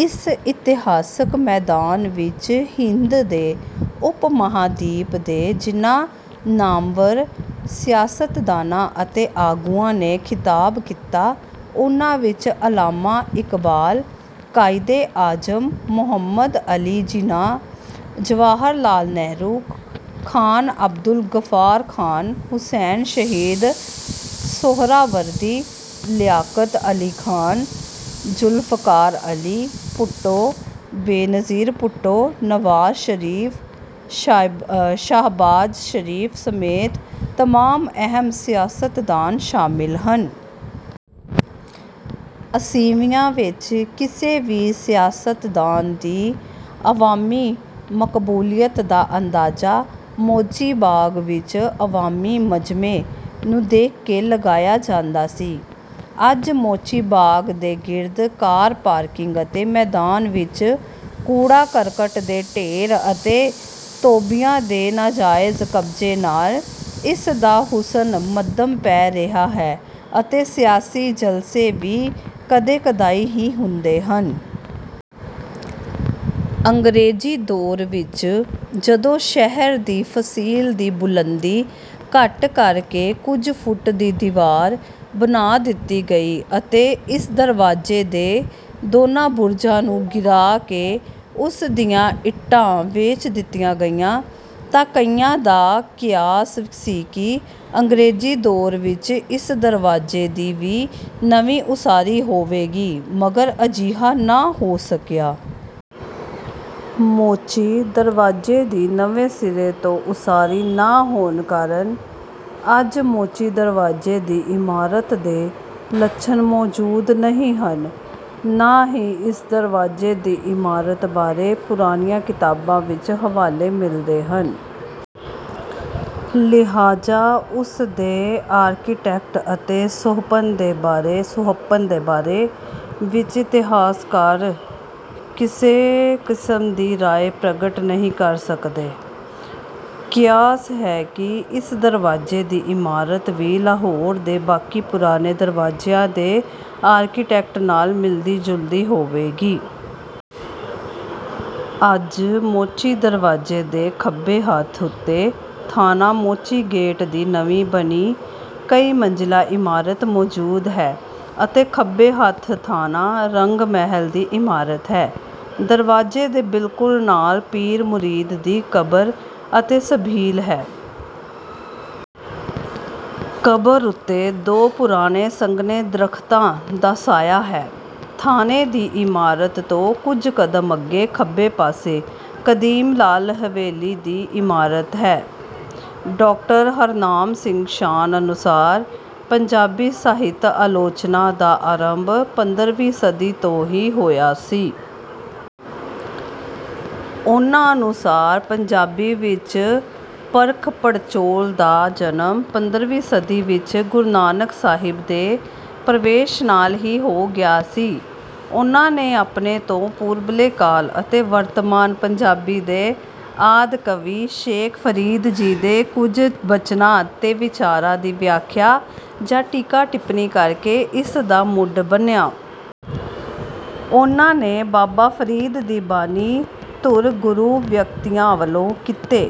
ਇਸ ਇਤਿਹਾਸਕ ਮੈਦਾਨ ਵਿੱਚ ਹਿੰਦ ਦੇ ਉਪ-ਮਹਾਂਦੀਪ ਦੇ ਜਿਨ੍ਹਾਂ ਨਾਮਵਰ ਸਿਆਸਤਦਾਨਾਂ ਅਤੇ ਆਗੂਆਂ ਨੇ ਖ਼ਿਤਾਬ ਕੀਤਾ, ਉਨ੍ਹਾਂ ਵਿੱਚ ਅੱਲਾਮਾ ਇਕਬਾਲ, ਕ਼ਾਇਦੇ ਆਜ਼ਮ ਮੁਹੰਮਦ ਅਲੀ ਜਿਨਾਹ, ਜਵਾਹਰ ਲਾਲ ਨਹਿਰੂ, ਖ਼ਾਨ ਅਬਦੁਲ ਗ਼ੱਫ਼ਾਰ ਖ਼ਾਨ, ਹੁਸੈਨ ਸ਼ਹੀਦ ਸੁਹਰਾਵਰਦੀ, ਲਿਆਕਤ ਅਲੀ ਖ਼ਾਨ, ਜ਼ੁਲਫ਼ਕਾਰ ਅਲੀ ਭੁੱਟੋ, ਬੇਨਜ਼ੀਰ ਭੁੱਟੋ, ਨਵਾਜ਼ ਸ਼ਰੀਫ਼, ਸ਼ਹਿਬਾਜ਼ ਸ਼ਰੀਫ਼ ਸਮੇਤ ਤਮਾਮ ਅਹਿਮ ਸਿਆਸਤਦਾਨ ਸ਼ਾਮਿਲ ਹਨ। ਅੱਸੀਵਿਆਂ ਵਿੱਚ ਕਿਸੇ ਵੀ ਸਿਆਸਤਦਾਨ ਦੀ ਅਵਾਮੀ ਮਕਬੂਲੀਅਤ ਦਾ ਅੰਦਾਜ਼ਾ ਮੋਚੀ ਬਾਗ਼ ਵਿੱਚ ਅਵਾਮੀ ਮਜਮੇ ਨੂੰ ਦੇਖ ਕੇ ਲਗਾਇਆ ਜਾਂਦਾ ਸੀ। ਅੱਜ ਮੋਚੀ ਬਾਗ਼ ਦੇ ਗਿਰਦ ਕਾਰ ਪਾਰਕਿੰਗ ਅਤੇ ਮੈਦਾਨ ਵਿੱਚ ਕੂੜਾ-ਕਰਕਟ ਦੇ ਢੇਰ ਅਤੇ ਧੋਬੀਆਂ ਦੇ ਨਾਜ਼ਾਇਜ਼ ਕਬਜ਼ੇ ਨਾਲ ਇਸ ਦਾ ਹੁਸਨ ਮੱਧਮ ਪੈ ਰਿਹਾ ਹੈ ਅਤੇ ਸਿਆਸੀ ਜਲਸੇ ਵੀ ਕਦੇ-ਕਦਾਈਂ ਹੀ ਹੁੰਦੇ ਹਨ। ਅੰਗਰੇਜ਼ੀ ਦੌਰ ਵਿੱਚ ਜਦੋਂ ਸ਼ਹਿਰ ਦੀ ਫ਼ਸੀਲ ਦੀ ਬੁਲੰਦੀ ਘੱਟ ਕਰ ਕੇ ਕੁਝ ਫੁੱਟ ਦੀ ਦੀਵਾਰ ਬਣਾ ਦਿੱਤੀ ਗਈ ਅਤੇ ਇਸ ਦਰਵਾਜ਼ੇ ਦੇ ਦੋਨਾਂ ਬੁਰਜਾਂ ਨੂੰ ਗਿਰਾ ਕੇ ਉਸ ਦੀਆਂ ਇੱਟਾਂ ਵੇਚ ਦਿੱਤੀਆਂ ਗਈਆਂ, ਤਾਂ ਕਈਆਂ ਦਾ ਕਿਆਸ ਸੀ ਕਿ ਅੰਗਰੇਜ਼ੀ ਦੌਰ ਵਿੱਚ ਇਸ ਦਰਵਾਜ਼ੇ ਦੀ ਵੀ ਨਵੀਂ ਉਸਾਰੀ ਹੋਵੇਗੀ, ਮਗਰ ਅਜਿਹਾ ਨਾ ਹੋ ਸਕਿਆ। ਮੋਚੀ ਦਰਵਾਜ਼ੇ ਦੀ ਨਵੇਂ ਸਿਰੇ ਤੋਂ ਉਸਾਰੀ ਨਾ ਹੋਣ ਕਾਰਨ ਅੱਜ ਮੋਚੀ ਦਰਵਾਜ਼ੇ ਦੀ ਇਮਾਰਤ ਦੇ ਲੱਛਣ ਮੌਜੂਦ ਨਹੀਂ ਹਨ, ਨਾ ਹੀ ਇਸ ਦਰਵਾਜ਼ੇ ਦੀ ਇਮਾਰਤ ਬਾਰੇ ਪੁਰਾਣੀਆਂ ਕਿਤਾਬਾਂ ਵਿੱਚ ਹਵਾਲੇ ਮਿਲਦੇ ਹਨ। ਲਿਹਾਜ਼ਾ ਉਸ ਦੇ ਆਰਕੀਟੈਕਟ ਅਤੇ ਸੁਹੱਪਣ ਦੇ ਬਾਰੇ ਵਿੱਚ ਇਤਿਹਾਸਕਾਰ ਕਿਸੇ ਕਿਸਮ ਦੀ ਰਾਏ ਪ੍ਰਗਟ ਨਹੀਂ ਕਰ ਸਕਦੇ। ਕਿਆਸ ਹੈ ਕਿ ਇਸ ਦਰਵਾਜ਼ੇ ਦੀ ਇਮਾਰਤ ਵੀ ਲਾਹੌਰ ਦੇ ਬਾਕੀ ਪੁਰਾਣੇ ਦਰਵਾਜ਼ਿਆਂ ਦੇ ਆਰਕੀਟੈਕਟ ਨਾਲ ਮਿਲਦੀ-ਜੁਲਦੀ ਹੋਵੇਗੀ। ਅੱਜ ਮੋਚੀ ਦਰਵਾਜ਼ੇ ਦੇ ਖੱਬੇ ਹੱਥ ਉੱਤੇ ਥਾਣਾ ਮੋਚੀ ਗੇਟ ਦੀ ਨਵੀਂ ਬਣੀ ਕਈ-ਮੰਜ਼ਿਲਾ ਇਮਾਰਤ ਮੌਜੂਦ ਹੈ ਅਤੇ ਖੱਬੇ ਹੱਥ ਥਾਣਾ ਰੰਗ-ਮਹਲ ਦੀ ਇਮਾਰਤ ਹੈ। ਦਰਵਾਜ਼ੇ ਦੇ ਬਿਲਕੁਲ ਨਾਲ ਪੀਰ ਮੁਰੀਦ ਦੀ ਕਬਰ ਅਤੇ ਸਬੀਲ ਹੈ। ਕਬਰ ਉੱਤੇ ਦੋ ਪੁਰਾਣੇ ਸੰਘਣੇ ਦਰਖਤਾਂ ਦਾ ਸਾਇਆ ਹੈ। ਥਾਣੇ ਦੀ ਇਮਾਰਤ ਤੋਂ ਕੁਝ ਕ਼ਦਮ ਅੱਗੇ ਖੱਬੇ ਪਾਸੇ ਕਦੀਮ ਲਾਲ ਹਵੇਲੀ ਦੀ ਇਮਾਰਤ ਹੈ। ਡਾਕਟਰ ਹਰਨਾਮ ਸਿੰਘ ਸ਼ਾਨ ਅਨੁਸਾਰ ਪੰਜਾਬੀ ਸਾਹਿਤ-ਆਲੋਚਨਾ ਦਾ ਆਰੰਭ ਪੰਦਰਵੀਂ ਸਦੀ ਤੋਂ ਹੀ ਹੋਇਆ ਸੀ। ਉਨ੍ਹਾਂ ਅਨੁਸਾਰ ਪੰਜਾਬੀ ਵਿੱਚ ਪਰਖ-ਪੜਚੋਲ ਦਾ ਜਨਮ, ਪੰਦਰਵੀਂ ਸਦੀ ਵਿੱਚ ਗੁਰੂ ਨਾਨਕ ਸਾਹਿਬ ਦੇ ਪ੍ਰਵੇਸ਼ ਨਾਲ ਹੀ ਹੋ ਗਿਆ ਸੀ। ਉਨ੍ਹਾਂ ਨੇ ਆਪਣੇ ਤੋਂ ਪੂਰਬਲੇ ਕਾਲ ਅਤੇ ਵਰਤਮਾਨ ਪੰਜਾਬੀ ਦੇ ਆਦਿ ਕਵੀ ਸ਼ੇਖ ਫਰੀਦ ਜੀ ਦੇ ਕੁਝ ਬਚਨਾਂ ਤੇ ਵਿਚਾਰਾਂ ਦੀ ਵਿਆਖਿਆ ਜਾਂ ਟੀਕਾ-ਟਿੱਪਣੀ ਕਰਕੇ ਇਸ ਦਾ ਮੁੱਢ ਬੰਨ੍ਹਿਆ। ਉਨ੍ਹਾਂ ਨੇ ਬਾਬਾ ਫਰੀਦ ਦੀ ਬਾਣੀ ਧੁਰ ਗੁਰੂ ਵਿਅਕਤੀਆਂ ਵੱਲੋਂ ਕੀਤੇ।